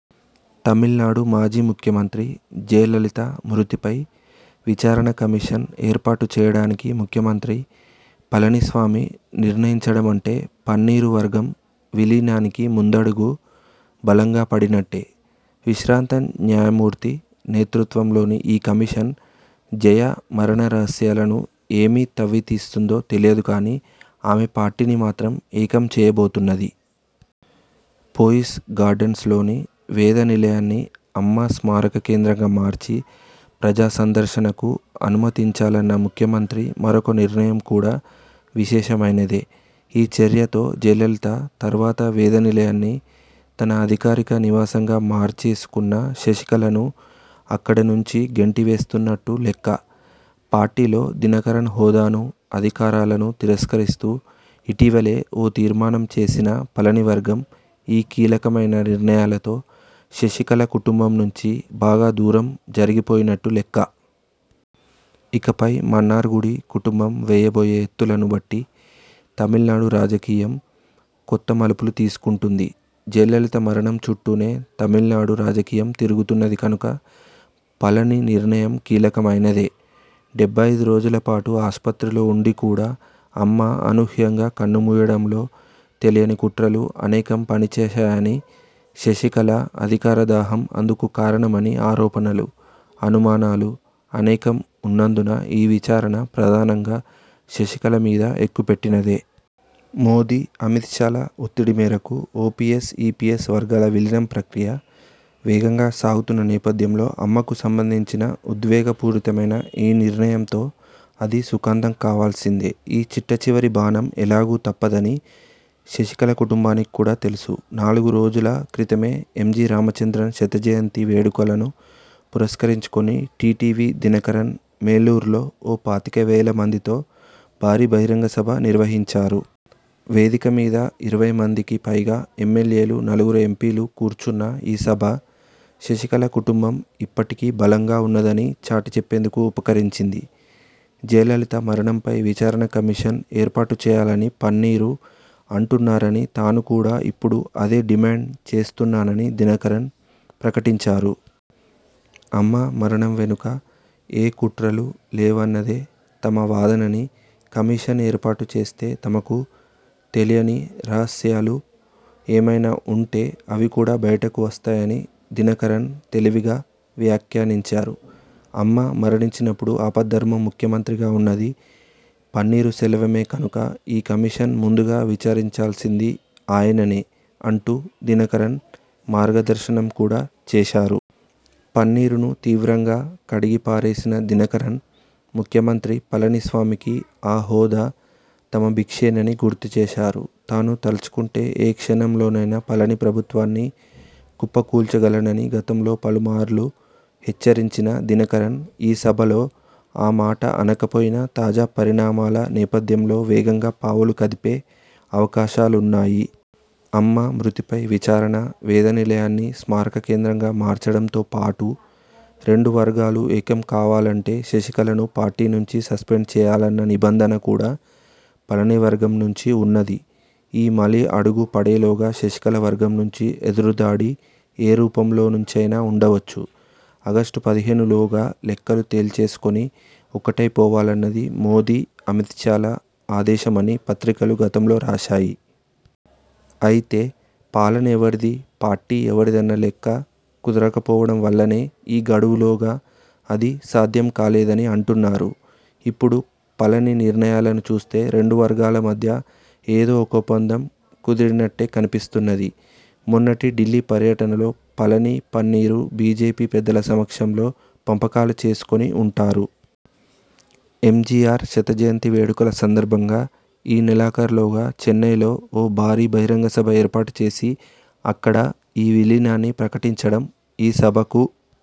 తమిళనాడు మాజీ ముఖ్యమంత్రి జయలలిత మృతిపై విచారణ కమిషన్ ఏర్పాటు చేయడానికి ముఖ్యమంత్రి పళనిస్వామి నిర్ణయించడమంటే, పన్నీరు వర్గం విలీనానికి ముందడుగు బలంగా పడినట్టే. విశ్రాంత న్యాయమూర్తి నేతృత్వంలోని ఈ కమిషన్, జయ మరణ రహస్యాలను ఏమి తవ్వి తీస్తుందో తెలియదు కానీ, ఆమె పార్టీని మాత్రం ఏకం చేయబోతున్నది. పోయిస్ గార్డెన్స్లోని వేద నిలయాన్ని అమ్మ స్మారక కేంద్రంగా మార్చి ప్రజా సందర్శనకు అనుమతించాలన్న ముఖ్యమంత్రి మరొక నిర్ణయం కూడా విశేషమైనదే. ఈ చర్యతో జయలలిత తరువాత వేద నిలయాన్ని తన అధికారిక నివాసంగా మార్చేసుకున్న శశికళను అక్కడ నుంచి గెంటి వేస్తున్నట్టు లెక్క. పార్టీలో దినకరన్ హోదానూ, అధికారాలను తిరస్కరిస్తూ ఇటీవలే ఓ తీర్మానం చేసిన పళని వర్గం, ఈ కీలకమైన నిర్ణయాలతో శశికళ కుటుంబం నుంచి బాగా దూరం జరిగిపోయినట్టు లెక్క. ఇకపై మన్నార్గుడి కుటుంబం వేయబోయే ఎత్తులను బట్టి తమిళనాడు రాజకీయం కొత్త మలుపులు తీసుకుంటుంది. జయలలిత మరణం చుట్టూనే తమిళనాడు రాజకీయం తిరుగుతున్నది కనుక పళని నిర్ణయం కీలకమైనదే. డెబ్బై ఐదు రోజుల పాటు ఆసుపత్రిలో ఉండి కూడా, అమ్మ అనూహ్యంగా కన్నుమూయడంలో తెలియని కుట్రలు అనేకం పనిచేశాయని, శశికళ అధికారదాహం అందుకు కారణమని ఆరోపణలు, అనుమానాలు అనేకం ఉన్నందున ఈ విచారణ ప్రధానంగా శశికళ మీద ఎక్కుపెట్టినదే. మోదీ అమిత్షా ల ఒత్తిడి మేరకు ఓపీఎస్, ఈపీఎస్ వర్గాల విలీనం ప్రక్రియ వేగంగా సాగుతున్న నేపథ్యంలో, అమ్మకు సంబంధించిన ఉద్వేగపూరితమైన ఈ నిర్ణయంతో అది సుఖాంతం కావాల్సిందే. ఈ చిట్టచివరి బాణం ఎలాగూ తప్పదని శశికళ కుటుంబానికి కూడా తెలుసు. నాలుగురోజుల క్రితమే ఎంజీ రామచంద్రన్ శతజయంతి వేడుకలను పురస్కరించుకొని టీటీవీ దినకరన్ మేలూర్లో ఓ పాతికవేల మందితో భారీ బహిరంగ సభ నిర్వహించారు. వేదిక మీద ఇరవై మందికి పైగా ఎమ్మెల్యేలు, నలుగురు ఎంపీలు కూర్చున్న ఈ సభ శశికళ కుటుంబం ఇప్పటికీ బలంగా ఉన్నదని చాటి చెప్పేందుకు ఉపకరించింది. జయలలిత మరణంపై విచారణ కమిషన్ ఏర్పాటుచేయాలని పన్నీరు అంటున్నారనీ, తాను కూడా ఇప్పుడు అదే డిమాండ్ చేస్తున్నానని దినకరన్ ప్రకటించారు. అమ్మ మరణం వెనుక ఏ కుట్రలూ లేవన్నదే తమ వాదననీ, కమిషన్ ఏర్పాటు చేస్తే తమకు తెలియని రహస్యాలు ఏమైనా ఉంటే అవి కూడా బయటకు వస్తాయని దినకరన్ తెలివిగా వ్యాఖ్యానించారు. అమ్మ మరణించినప్పుడు ఆపద్ధర్మ ముఖ్యమంత్రిగా ఉన్నది పన్నీరు సెల్వమే కనుక, ఈ కమిషన్ ముందుగా విచారించాల్సింది ఆయననే అంటూ దినకరన్ మార్గదర్శనం కూడా చేశారు. పన్నీరును తీవ్రంగా కడిగిపారేసిన దినకరన్ ముఖ్యమంత్రి పళనిస్వామికి ఆ హోదా తమ బిక్షేనని గుర్తుచేశారు. తాను తలచుకుంటే ఏ క్షణంలోనైనా పళని ప్రభుత్వాన్ని కుప్ప కూల్చగలనని గతంలో పలుమార్లు హెచ్చరించిన దినకరన్, ఈ సభలో ఆ మాట అనకపోయినా, తాజా పరిణామాల నేపథ్యంలో వేగంగా పావులు కదిపే అవకాశాలున్నాయి. అమ్మ మృతిపై విచారణ, వేద నిలయాన్ని స్మారక కేంద్రంగా మార్చడంతో పాటు, రెండు వర్గాలు ఏకం కావాలంటే శశికళను పార్టీనుంచి సస్పెండ్ చేయాలన్న నిబంధన కూడా పళనివర్గం నుంచి ఉన్నది. ఈ మలి అడుగుపడేలోగా శశికళ వర్గం నుంచి ఎదురుదాడి ఏ రూపంలోనుంచైనా ఉండవచ్చు. ఆగస్టు పదిహేనులోగా లెక్కలు తేల్చేసుకొని, ఒక్కటైపోవాలన్నది మోదీ, అమిత్షాల ఆదేశమని పత్రికలు గతంలో రాశాయి. అయితే, పాలన ఎవరిది, పార్టీ ఎవరిదన్న లెక్క కుదరకపోవడం వల్లనే ఈ గడువులోగా అది సాధ్యం కాలేదని అంటున్నారు. ఇప్పుడు పళని నిర్ణయాలను చూస్తే రెండువర్గాల మధ్య ఏదో ఒక ఒప్పందం కుదిరినట్టే కనిపిస్తున్నది. మొన్నటి ఢిల్లీ పర్యటనలో పళని, పన్నీరు బీజేపీ పెద్దల సమక్షంలో పంపకాలు చేసుకొని ఉంటారు. ఎంజీఆర్ శతజయంతి వేడుకల సందర్భంగా ఈ నెలాఖరులోగా చెన్నయ్లో ఓ భారీ బహిరంగ సభ ఏర్పాటు చేసి, అక్కడ ఈ విలీనాన్ని ప్రకటించడం, ఈ సభకు